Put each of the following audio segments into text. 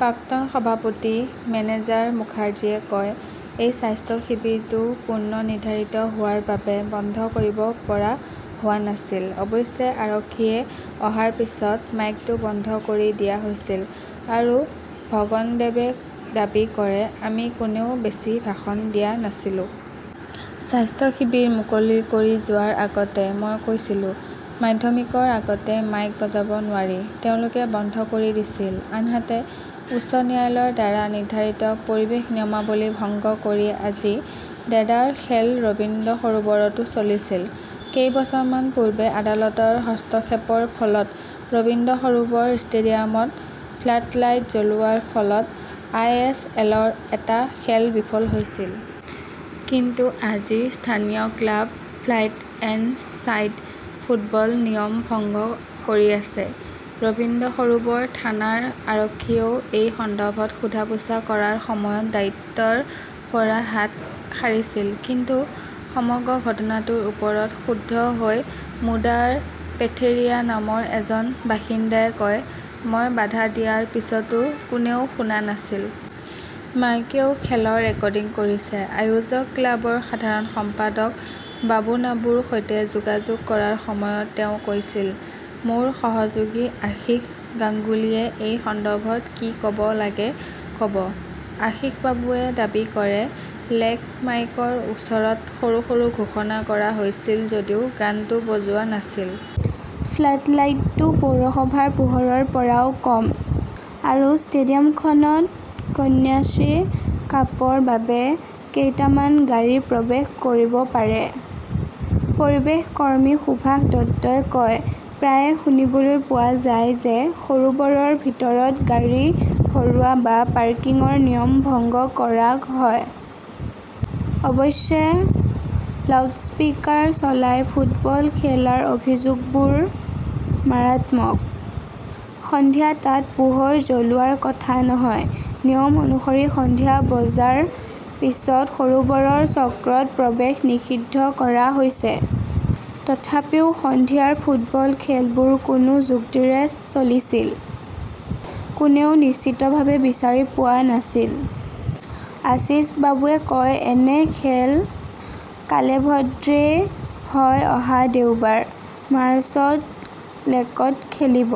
প্ৰাক্তন সভাপতি মেনেজাৰ মুখাৰ্জীয়ে কয়, এই স্বাস্থ্য শিবিৰটো পূৰ্ব নিৰ্ধাৰিত হোৱাৰ বাবে বন্ধ কৰিব পৰা হোৱা নাছিল। অৱশ্যে আৰক্ষীয়ে অহাৰ পিছত মাইকটো বন্ধ কৰি দিয়া হৈছিল। আৰু ভগনদেৱে দাবী কৰে, আমি কোনেও বেছি ভাষণ দিয়া নাছিলো। স্বাস্থ্য শিবিৰ মুকলি কৰি যোৱাৰ আগতে মই কৈছিলো, মাধ্যমিকৰ আগতে মাইক বজাব নোৱাৰি। তেওঁলোকে বন্ধ কৰি দিছিল। আনহাতে, উচ্চ ন্যায়ালয়ৰ দ্বাৰা নিৰ্ধাৰিত পৰিৱেশ নিয়মাৱলী ভংগ কৰি আজি দেদাৰ খেল ৰবীন্দ্ৰ সৰোবৰতো চলিছিল। কেইবছৰমান পূৰ্বে আদালতৰ হস্তক্ষেপৰ ফলত ৰবীন্দ্ৰ সৰোবৰ ষ্টেডিয়ামত ফ্লাডলাইট জ্বলোৱাৰ ফলত আই এছ এলৰ এটা খেল বিফল হৈছিল। কিন্তু আজি স্থানীয় ক্লাবৰ ফাইভ এ চাইড ফুটবল নিয়ম ভংগ কৰি আছে। ৰবীন্দ্ৰ সৰোবৰ থানাৰ আৰক্ষীয়েও এই সন্দৰ্ভত সোধা-পোছা কৰাৰ সময়ত দায়িত্বৰ পৰা হাত সাৰিছিল। কিন্তু সমগ্ৰ ঘটনাটোৰ ওপৰত ক্ষুব্ধ হৈ মুদাৰ পাথেৰিয়া নামৰ এজন বাসিন্দাই কয়, মই বাধা দিয়াৰ পিছতো কোনেও শুনা নাছিল। মাইকেও খেলৰ ৰেকৰ্ডিং কৰিছে। আয়োজক ক্লাবৰ সাধাৰণ সম্পাদক বাবুনাবুৰ সৈতে যোগাযোগ কৰাৰ সময়ত তেওঁ কৈছিল, মোৰ সহযোগী আশীষ গাংগুলীয়ে এই সন্দৰ্ভত যি ক'ব লাগে ক'ব। আশিসবাবুৱে দাবী কৰে, লেক মাইকৰ ওচৰত সৰু সৰু ঘোষণা কৰা হৈছিল যদিও গানটো বজোৱা নাছিল। ফ্লাডলাইটটো পৌৰসভাৰ পোহৰৰ পৰাও কম। আৰু ষ্টেডিয়ামখনত কন্যাশ্ৰী কাপৰ বাবে কেইটামান গাড়ী প্ৰৱেশ কৰিব পাৰে। পৰিৱেশ কৰ্মী সুভাষ দত্তই কয়, প্ৰায়ে শুনিবলৈ পোৱা যায় যে সৰোবৰৰ ভিতৰত গাড়ী ভৰোৱা বা পাৰ্কিংৰ নিয়ম ভংগ কৰা হয়। অৱশ্যে, লাউডস্পিকাৰ চলাই ফুটবল খেলাৰ অভিযোগবোৰ মাৰাত্মক। সন্ধিয়া তাত পোহৰ জ্বলোৱাৰ কথা নহয়। নিয়ম অনুসৰি সন্ধিয়া বজাৰ পিছত সৰোবৰ চক্ৰত প্ৰৱেশ নিষিদ্ধ কৰা হৈছে। তথাপিও সন্ধিয়াৰ ফুটবল খেলবোৰ কোনো যুক্তিৰে চলিছিল, কোনেও নিশ্চিতভাৱে বিচাৰি পোৱা নাছিল। আশীছবাবুৱে কয় এনে খেল কালেভদ্ৰেই হয় অহা দেওবাৰ, মাৰ্চত লেকত খেলিব।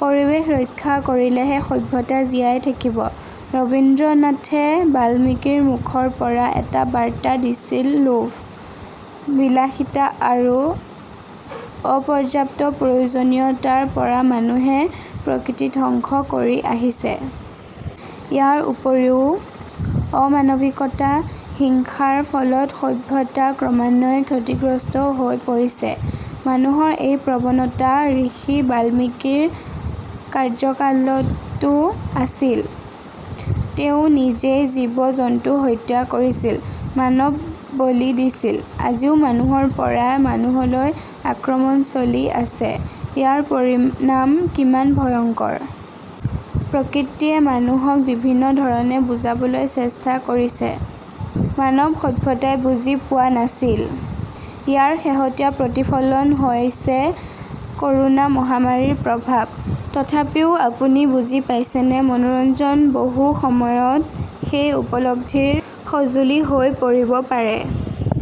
পৰিৱেশ ৰক্ষা কৰিলেহে সভ্যতা জীয়াই থাকিব, ৰবীন্দ্ৰনাথে বাল্মীকিৰ মুখৰ পৰা এটা বাৰ্তা দিছিল লোভ, বিলাসিতা আৰু অপৰ্যাপ্ত প্ৰয়োজনীয়তাৰ পৰা মানুহে প্ৰকৃতি ধ্বংস কৰি আছে। ইয়াৰ উপৰিও, অমানৱিকতা, হিংসাৰ ফলত সভ্যতা ক্ৰমান্বয়ে ক্ষতিগ্ৰস্ত হৈ পৰিছে। মানুহৰ এই প্ৰৱণতা ঋষি বাল্মীকিৰ কাৰ্যকালতও আছিল। তেওঁ নিজেই জীৱ-জন্তু হত্যা কৰিছিল, মানৱ বলি দিছিল। আজিও মানুহৰ পৰা মানুহলৈ আক্ৰমণ চলি আছে। ইয়াৰ পৰিণাম কিমান ভয়ংকৰ। প্ৰকৃতিয়ে মানুহক বিভিন্ন ধৰণে বুজাবলৈ চেষ্টা কৰিছে। মানৱ সভ্যতাই বুজি পোৱা নাছিল। ইয়াৰ শেহতীয়া প্ৰতিফলন হৈছে কৰোনা মহামাৰীৰ প্ৰভাৱ। তথাপিও আপুনি বুজি পাইছেনে? মনোৰঞ্জন বহু সময়ত সেই উপলব্ধিৰ সঁজুলি হৈ পৰিব পাৰে।